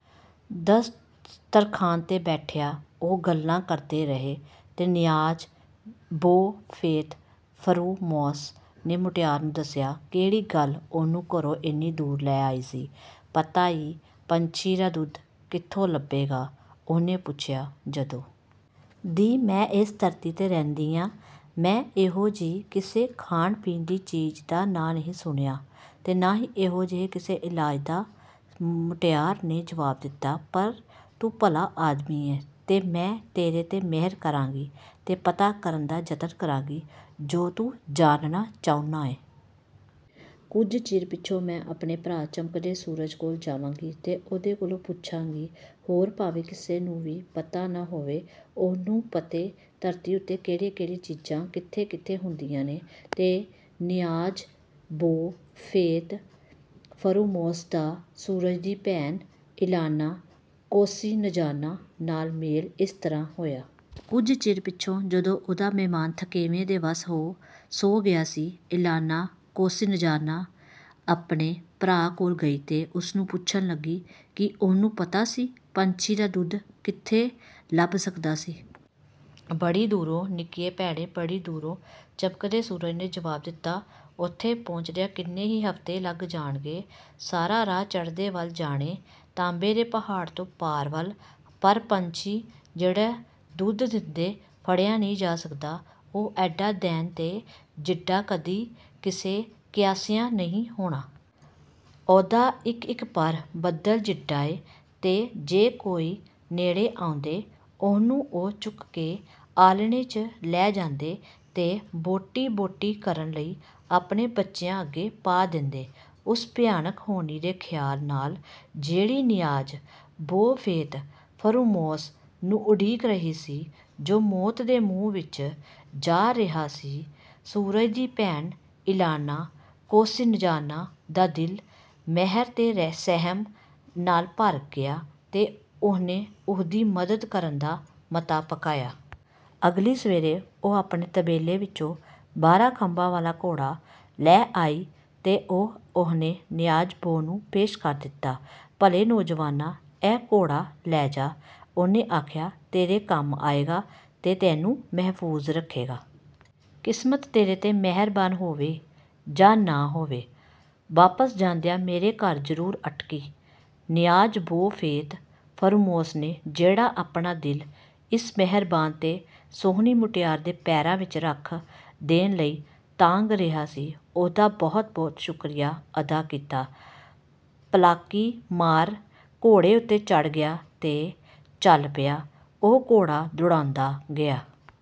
ਦਸਤਰਖ਼ਾਨ 'ਤੇ ਬੈਠਿਆਂ, ਉਹ ਗੱਲਾਂ ਕਰਦੇ ਰਹੇ ਤੇ ਨਿਆਜ਼-ਬੋ ਫ਼ੇਤ-ਫ਼ਰੂਮੋਸ ਨੇ ਮੁਟਿਆਰ ਨੂੰ ਦੱਸਿਆ, ਕਿਹੜੀ ਗੱਲ ਉਹਨੂੰ ਘਰੋਂ ਏਨੀ ਦੂਰ ਲੈ ਆਈ ਸੀ। "ਪਤਾ ਈ, ਪੰਛੀ ਦਾ ਦੁੱਧ ਕਿੱਥੋਂ ਲੱਭੇਗਾ?" ਉਹਨੇ ਪੁੱਛਿਆ। "ਜਦੋਂ ਦੀ ਮੈਂ ਏਸ ਧਰਤੀ 'ਤੇ ਰਹਿੰਦੀ ਆਂ, ਮੈਂ ਇਹੋ ਜਿਹੀ ਕਿਸੇ ਖਾਣ-ਪੀਣ ਦੀ ਚੀਜ਼ ਦਾ ਨਾਂ ਨਹੀਂ ਸੁਣਿਆ ਤੇ ਨਾ ਹੀ ਇਹੋ ਜਿਹੇ ਕਿਸੇ ਇਲਾਜ ਦਾ," ਮੁਟਿਆਰ ਨੇ ਜਵਾਬ ਦਿੱਤਾ, "ਪਰ ਤੂੰ ਭਲਾ ਆਦਮੀ ਏਂ, ਤੇ ਮੈਂ ਤੇਰੇ 'ਤੇ ਮਿਹਰ ਕਰਾਂਗੀ ਤੇ ਪਤਾ ਕਰਨ ਦਾ ਜਤਨ ਕਰਾਂਗੀ, ਜੋ ਤੂੰ ਜਾਣਨਾ ਚਾਹੁੰਨਾ ਏਂ। ਕੁਝ ਚਿਰ ਪਿੱਛੋਂ ਮੈਂ ਆਪਣੇ ਭਰਾ, ਚਮਕਦੇ ਸੂਰਜ, ਕੋਲ ਜਾਵਾਂਗੀ ਤੇ ਉਹਦੇ ਕੋਲੋਂ ਪੁੱਛਾਂਗੀ। ਹੋਰ ਭਾਵੇਂ ਕਿਸੇ ਨੂੰ ਵੀ ਪਤਾ ਨਾ ਹੋਵੇ, ਉਹਨੂੰ ਪਤੈ, ਧਰਤੀ ਉੱਤੇ ਕਿਹੜੀਆਂ-ਕਿਹੜੀਆਂ ਚੀਜ਼ਾਂ ਕਿੱਥੇ-ਕਿੱਥੇ ਹੁੰਦੀਆਂ ਨੇ।" ਤੇ ਨਿਆਜ਼-ਬੋ ਫ਼ੇਤ-ਫ਼ਰੂਮੋਸ ਦਾ ਸੂਰਜ ਦੀ ਭੈਣ, ਇਲਾਨਾ ਕੋਸਿਨਜ਼ਾਨਾ, ਨਾਲ ਮੇਲ ਇਸ ਤਰ੍ਹਾਂ ਹੋਇਆ। ਕੁਝ ਚਿਰ ਪਿੱਛੋਂ ਜਦੋਂ ਉਹਦਾ ਮਹਿਮਾਨ, ਥਕੇਵੇਂ ਦੇ ਵੱਸ ਹੋ, ਸੌ ਗਿਆ ਸੀ, ਇਲਾਨਾ ਕੋਸਿਨਜ਼ਾਨਾ ਆਪਣੇ ਭਰਾ ਕੋਲ ਗਈ ਤੇ ਉਸਨੂੰ ਪੁੱਛਣ ਲੱਗੀ, ਕੀ ਉਹਨੂੰ ਪਤਾ ਸੀ, ਪੰਛੀ ਦਾ ਦੁੱਧ ਕਿੱਥੇ ਲੱਭ ਸਕਦਾ ਸੀ। "ਬੜੀ ਦੂਰੋਂ, ਨਿੱਕੀਏ ਭੈਣੇ, ਬੜੀ ਦੂਰੋਂ," ਚਮਕਦੇ ਸੂਰਜ ਨੇ ਜਵਾਬ ਦਿੱਤਾ, "ਓਥੇ ਪਹੁੰਚਦਿਆਂ ਕਿੰਨੇ ਈ ਹਫ਼ਤੇ ਲੱਗ ਜਾਣਗੇ; ਸਾਰਾ ਰਾਹ ਚੜ੍ਹਦੇ ਵੱਲ ਜਾਣੈ, ਤਾਂਬੇ ਦੇ ਪਹਾੜ ਤੋਂ ਪਾਰ ਵੱਲ। ਪਰ ਪੰਛੀ ਜਿਹੜਾ ਦੁੱਧ ਦੇਂਦੈ, ਫੜਿਆ ਨਹੀਂ ਜਾ ਸਕਦਾ, ਉਹ ਏਡਾ ਦੈਂਤ ਏ, ਜਿੱਡਾ ਕਦੀ ਕਿਸੇ ਕਿਆਸਿਆ ਨਹੀਂ ਹੋਣਾ। ਉਹਦਾ ਇੱਕ-ਇੱਕ ਪਰ ਬੱਦਲ ਜਿੱਡਾ ਏ, ਤੇ ਜੇ ਕੋਈ ਨੇੜੇ ਆਉਂਦੈ, ਉਹਨੂੰ ਉਹ ਚੁੱਕ ਕੇ ਆਲ੍ਹਣੇ 'ਚ ਲੈ ਜਾਂਦੈ ਤੇ ਬੋਟੀ-ਬੋਟੀ ਕਰਨ ਲਈ ਆਪਣੇ ਬੱਚਿਆਂ ਅੱਗੇ ਪਾ ਦੇਂਦੈ।" ਉਸ ਭਿਆਨਕ ਹੋਣੀ ਦੇ ਖ਼ਿਆਲ ਨਾਲ, ਜਿਹੜੀ ਨਿਆਜ਼-ਬੋ ਫ਼ੇਤ-ਫ਼ਰੂਮੋਸ ਨੂੰ ਉਡੀਕ ਰਹੀ ਸੀ, ਜੋ ਮੌਤ ਦੇ ਮੂੰਹ ਵਿੱਚ ਜਾ ਰਿਹਾ ਸੀ, ਸੂਰਜ ਦੀ ਭੈਣ, ਇਲਾਨਾ ਕੋਸਿਨਜ਼ਾਨਾ, ਦਾ ਦਿਲ ਮਿਹਰ ਤੇ ਸਹਿਮ ਨਾਲ ਭਰ ਗਿਆ ਤੇ ਉਹਨੇ ਉਹਦੀ ਮਦਦ ਕਰਨ ਦਾ ਮਤਾ ਪਕਾਇਆ। ਅਗਲੀ ਸਵੇਰੇ, ਉਹ ਆਪਣੇ ਤਬੇਲੇ ਵਿੱਚੋਂ ਬਾਰ੍ਹਾਂ ਖੰਭਾਂ ਵਾਲਾ ਘੋੜਾ ਲੈ ਆਈ ਤੇ ਉਹ ਉਹਨੇ ਨਿਆਜ਼-ਬੋ ਨੂੰ ਪੇਸ਼ ਕਰ ਦਿੱਤਾ। "ਭਲੇ ਨੌਜਵਾਨਾ, ਇਹ ਘੋੜਾ ਲੈ ਜਾ," ਉਹਨੇ ਆਖਿਆ, "ਤੇਰੇ ਕੰਮ ਆਏਗਾ ਤੇ ਤੈਨੂੰ ਮਹਿਫ਼ੂਜ਼ ਰੱਖੇਗਾ। ਕਿਸਮਤ ਤੇਰੇ 'ਤੇ ਮਿਹਰਬਾਨ ਹੋਵੇ ਜਾਂ ਨਾ ਹੋਵੇ, ਵਾਪਸ ਜਾਂਦਿਆਂ ਮੇਰੇ ਘਰ ਜ਼ਰੂਰ ਅਟਕੀਂ।" ਨਿਆਜ਼-ਬੋ ਫ਼ੇਤ-ਫ਼ਰੂਮੋਸ ਨੇ, ਜਿਹੜਾ ਆਪਣਾ ਦਿਲ ਇਸ ਮਿਹਰਬਾਨ ਤੇ ਸੋਹਣੀ ਮੁਟਿਆਰ ਦੇ ਪੈਰਾਂ ਵਿੱਚ ਰੱਖ ਦੇਣ ਲਈ ਤਾਂਘ ਰਿਹਾ ਸੀ, ਉਹਦਾ ਬਹੁਤ-ਬਹੁਤ ਸ਼ੁਕਰੀਆ ਅਦਾ ਕੀਤਾ, ਪਲਾਕੀ ਮਾਰ ਘੋੜੇ ਉੱਤੇ ਚੜ੍ਹ ਗਿਆ ਤੇ ਚੱਲ ਪਿਆ। ਉਹ ਘੋੜਾ ਦੁੜਾਉਂਦਾ ਗਿਆ।